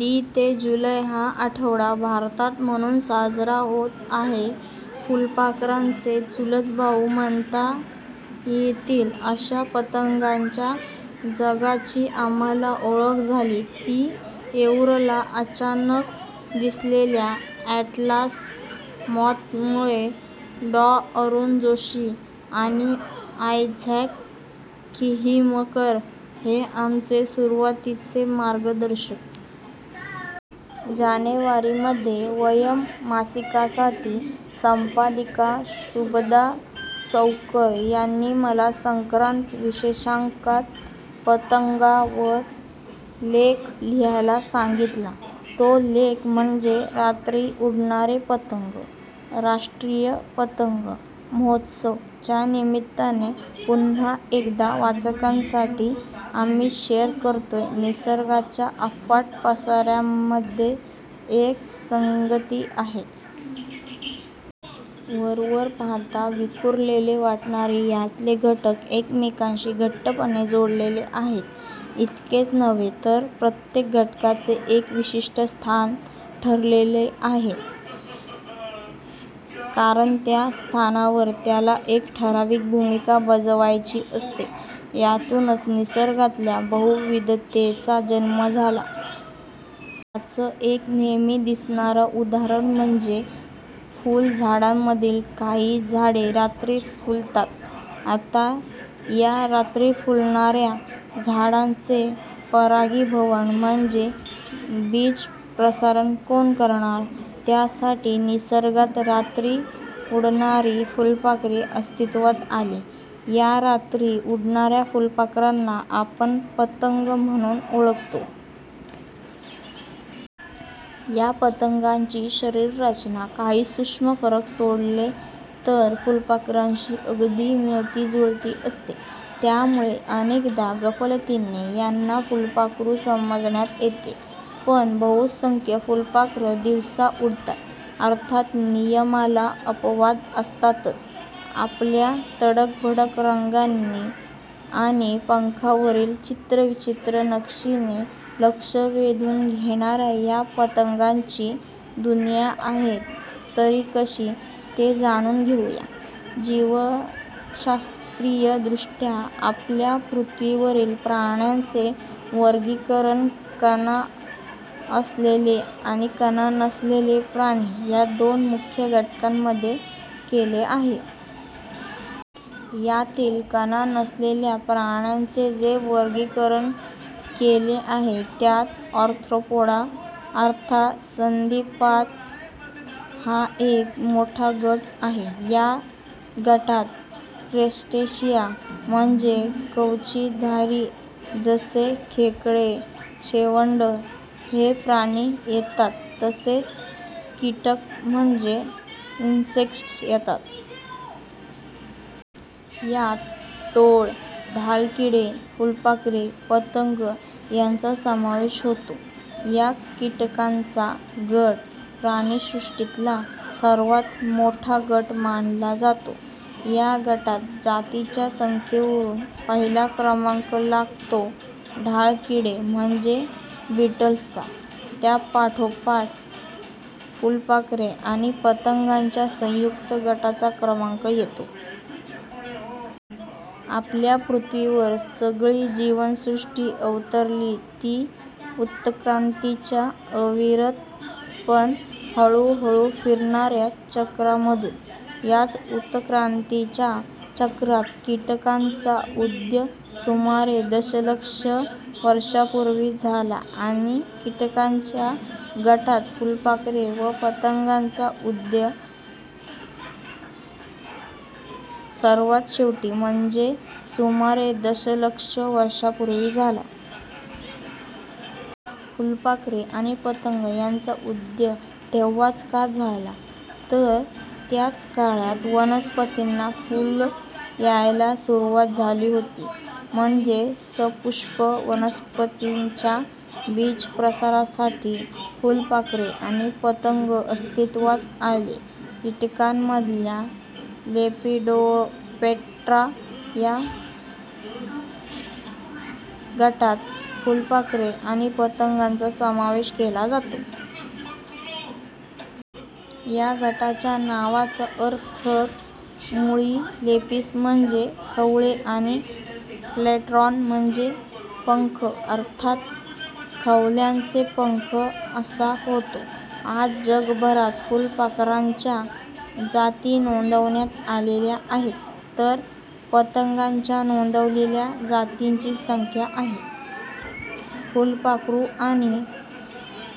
दि. ते जुलै हा आठवडा भारतात म्हणून साजरा होत आहे. फुलपाखरांचे चुलतभाऊ म्हणता येतील अशा पतंगांच्या जगाची आम्हांला ओळख झाली, ती येऊरला अचानक दिसलेल्या अॅटलास मॉथ मुळे. डॉ. अरूण जोशी आणि आयझॅक किहीमकर हे आमचे सुरुवातीचे मार्गदर्शक. जानेवारी मध्ये ''वयम्'' मासिकासाठी संपादिका शुभदा चौकर यांनी मला संक्रांत विशेषांकात ''पतंगां''वर लेख लिहायला सांगितला, तो लेख म्हणजे- 'रात्री उडणारे पतंग'. 'राष्ट्रीय ''पतंग'' महोत्सव 'च्या निमित्ताने पुन्हा एकदा वाचकांसाठी आम्ही शेअर करतोय- निसर्गाच्या अफाट पसाऱ्यामध्ये एक संगती आहे. वर वर पाहता विखुरलेले वाटणारे यातले घटक एकमेकांशी घट्टपणे जोडलेले आहेत. इतकेच नव्हे तर प्रत्येक घटकाचे एक विशिष्ठ स्थान ठरलेलं आहे, कारण त्या स्थानावर त्याला एक ठराविक भूमिका बजावायची असते. यातूनच निसर्गातल्या बहुविधतेचा जन्म झाला. याचं एक नेहमी दिसणारं उदाहरण म्हणजे, फुलझाडांमधील काही झाडे रात्री फुलतात. आता या रात्री फुलणाऱ्या झाडांचे परागीभवन म्हणजे बीज प्रसार कोण करणार? त्यासाठी निसर्गात रात्री उडणारी फुलपाखरे अस्तित्वात आली. या रात्री उडणाऱ्या फुलपाखरांना आपण 'पतंग' म्हणून ओळखतो. या पतंगांची शरीर रचना काही सूक्ष्म फरक सोडले तर फुलपाखरांशी अगदी मिळती जुळती असते, त्यामुळे अनेकदा गफलतीने यांना फुलपाखरू समजण्यात येते. पण बहुसंख्य फुलपाखरं दिवसा उडतात. अर्थात नियमाला अपवाद असतातच. आपल्या तडक भडक रंगांनी आणि पंखांवरील चित्रविचित्र नक्षिने लक्ष वेधून घेणाऱ्या या पतंगांची दुनिया आहे तरी कशी ते जाणून घेऊ या जीवशास्त्रीय दृष्ट्या आपल्या पृथ्वीवरील प्राण्यांचे वर्गिकरण कणा असलेले आणि कणा नसलेले प्राणी या दोन मुख्य गटांमध्ये केले आहे. यातील कणा नसलेल्या प्राण्यांचे जे वर्गिकरण केले आहे, त्यात ऑर्थोपोडा अर्थात संधिपाद हा एक मोठा गट आहे. या गटात क्रस्टेशिया म्हणजे कवचधारी जसे खेकडे, शेवंड हे प्राणी येतात तसेच कीटक म्हणजे इन्सेक्टस येतात. यांत टोळ, ढालकिडे, फुलपाखरे, पतंग यांचा समावेश होतो. हा कीटकांचा गट प्राणिसृष्टीतला सर्वात मोठा गट मानला जातो. या गटात जातींच्या संख्येवरुन पहिला क्रमांक लागतो ढालकिडे म्हणजे बिटल्सचा. त्यापाठोपाठ फुलपाखरे आणि पतंगांच्या संयुक्त गटाचा क्रमांक येतो. आपल्या पृथ्वीवर सगळी जीवसृष्टी अवतरली ती उत्क्रांतीच्या अविरत पण हळूहळू फिरणाऱ्या चक्रामधून. याच उतक्रांतीच्या चक्रात कीटकांचा उदय सुमारे दशलक्ष वर्षांपूर्वी झाला आणि किटकांच्या गटात फुलपाखरे व पतंगांचा उदय सर्वात शेवटी म्हणजे सुमारे दशलक्ष वर्षांपूर्वी झाला. फुलपाखरे आणि पतंग यांचा उदय तेव्हाच का झाला? तर त्याच काळात वनस्पतींना फुलं यायला सुरवात झाली होती, म्हणजे सपुष्प वनस्पतींच्या बीजप्रसारासाठी फुलपाखरे आणी पतंग अस्तित्वात आले. कीटकांमधल्या लेपिडोप्टेरा या गटात फुलपाखरे आणि पतंगांचा समावेश केला जातो. या गटाच्या नावाचा अर्थच मुळी लेपिस म्हणजे खवले आणि प्टेरॉन म्हणजे पंख अर्थात खवल्यांचे पंख असा होतो. आज जगभरात फुलपाखरांच्या जाती नोंदवण्यात आलेल्या आहेत, तर पतंगांच्या नोंदवलेल्या जातींची संख्या आहे. फुलपाखरू आणि